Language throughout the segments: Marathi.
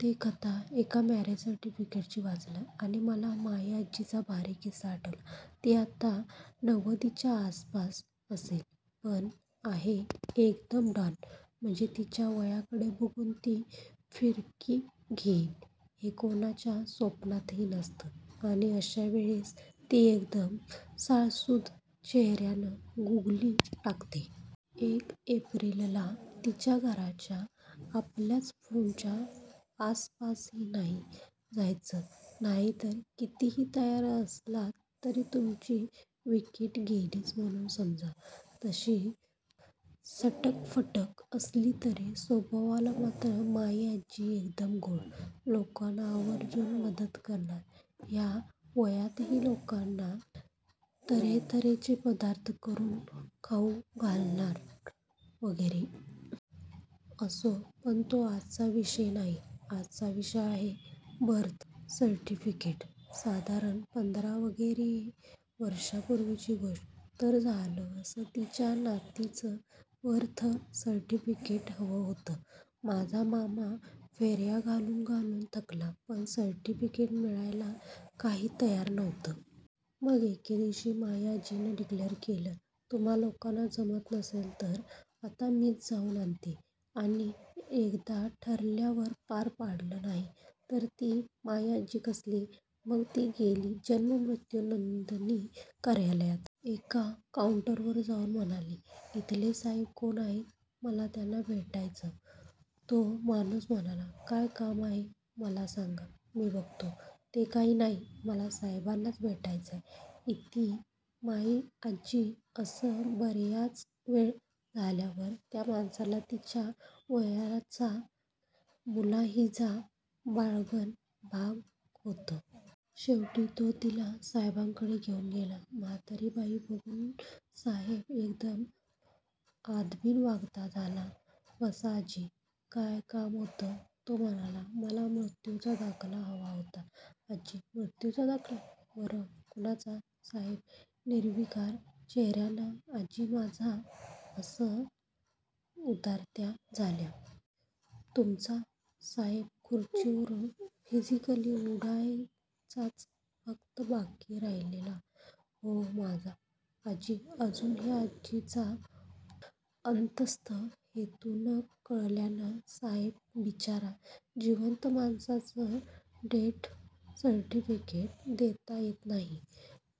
ते 'कथा एका मॅरेज सर्टिफिकेटची' वाचलं आणि मला माई आज्जीचा भारी किस्सा आठवला. ती आता नवद्दीच्या आसपास असेल. पण आहे एकदम डॉन! म्हणजे तिच्या वयाकडे बघून ती फिरकी घेईल, हे कुणाच्या स्वप्नातही नसतं आणि अशा वेळेस ती एकदम साळसूद चेहर्यानं गूगली टाकते. एक एप्रिलला तिच्या घराच्या, आपल्याच फोनच्या आसपासही नाही जायचं नाहीतर कितीही तयार असलात तरी तुमची विकेट गेलीच म्हणून समजा! तशी सटकफटक असली तरी स्वभावाला मात्र माईआज्जी एकदम गोड! लोकांना आवर्जून मदत करणार, ह्या वयातही लोकांना तर्हेतर्हेचे पदार्थ करून खावू घालणार वगैरे. असो, पण तो आजचा विषय नाही! आजचा विषय आहे बर्थ सर्टिफिकेट. साधारण पंधरा वगैरे वर्षापूर्वीची गोष्ट. तर झालं असं तिच्या नातीचं बर्थ सर्टिफिकेट हवं होतं. माझा मामा फेर्या घालून घालून थकला, पण सर्टिफिकेट मिळायला काही तयार नव्हतं. मग एके दिवशी माई आज्जीनं डिक्लेअर केलं 'तुम्हा लोकांना जमत नसेल तर आता मीच जाऊन आणते' आणि एकदा ठरवल्यावर पार पाडलं नाही तर ती माई आज्जी कसली! मग ती गेली 'जन्म मृत्यू नोंदणी' कर्यालयात. एका काऊंटरवर जाऊन म्हणाली 'इथले साहेब कोण आहेत? मला त्यांना भेटायचय. ' तो माणूस म्हणाला, "काय काम आहे मला सांगा. मी बघतो. " "ते काही नाही मला साहेबांनाच भेटायचय" इती माई आज्जी. असं बर्याच वेळ झाल्यावर त्या माणसाला तिच्या वयाचा मुलाहिजा बाळगण भाग होतं. शेवटी तो तिला साहेबांकडे घेऊन गेला. म्हातारी बाई बघून साहेब एकदम आदबीन वागता झाला. 'बसा आजी. काय काम होतं', तो म्हणाला. 'मला मृत्यूचा दाखला हवा होता': आजी. 'मृत्यूचा दाखला? बरं, कुणाचा": साहेब निर्विकार चेहर्यानं आजी "माझा" असं उद्गारत्या झाल्या. "तुमचा? ": साहेब खूर्चीवरून फिजीकली उडायचाच फक्त बाकी राहिलेला "हो, माझा! " आजी अजूनही आजींचा अंतस्थ हेतू न कळल्यानं साहेब बिचारा 'जिवंत माणसाचं डेथ सर्टिफिकेट देता येत नाही'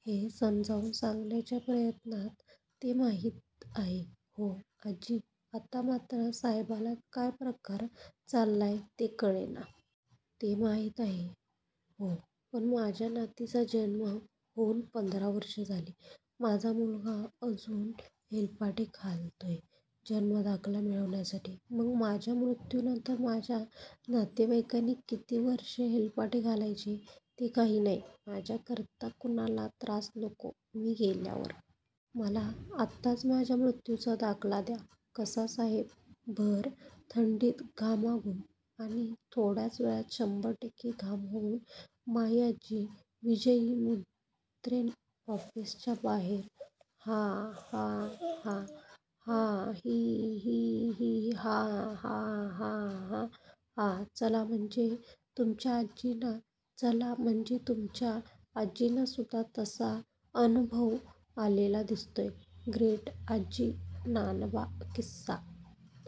हे समजावून सांगण्याच्या प्रयत्नात. "ते माहित आहे हो" आजी आता मात्र साहेबाला काय प्रकार चाल्लाय ते कळेना. "ते माहित आहे हो, पण माझ्या नातीचा जन्म होऊन पंधरा वर्ष झाली, माझा मुलगा अजून हेलपाटे घालतोय जन्म दाखला मिळवण्यासाठी. मग माझ्या मृत्यूनंतर माझ्या नातेवाईकांनी किती वर्ष हेलपाटे घालायचे? ते काही नाही. माझ्या करता कुणाला त्रास नको मी गेल्यावर. मला आताच माझ्या मृत्यूचा दाखला द्या कसा! " साहेब भर थंडीत घामाघूम! आणि थोड्याच वेळात शंभर टक्के काम होऊन माईआजी विजयी मुद्रेनं ऑफिसच्या बाहेर! हा हा हा हा हा ही ही ही ही हा हा हा हा हा चला म्हणजे तुमच्या आजींना चला म्हणजे तुमच्या आजींना सुद्धा तसा अनुभव आलेला दिसतोय. ग्रेट आजी, नानबा, किस्सा--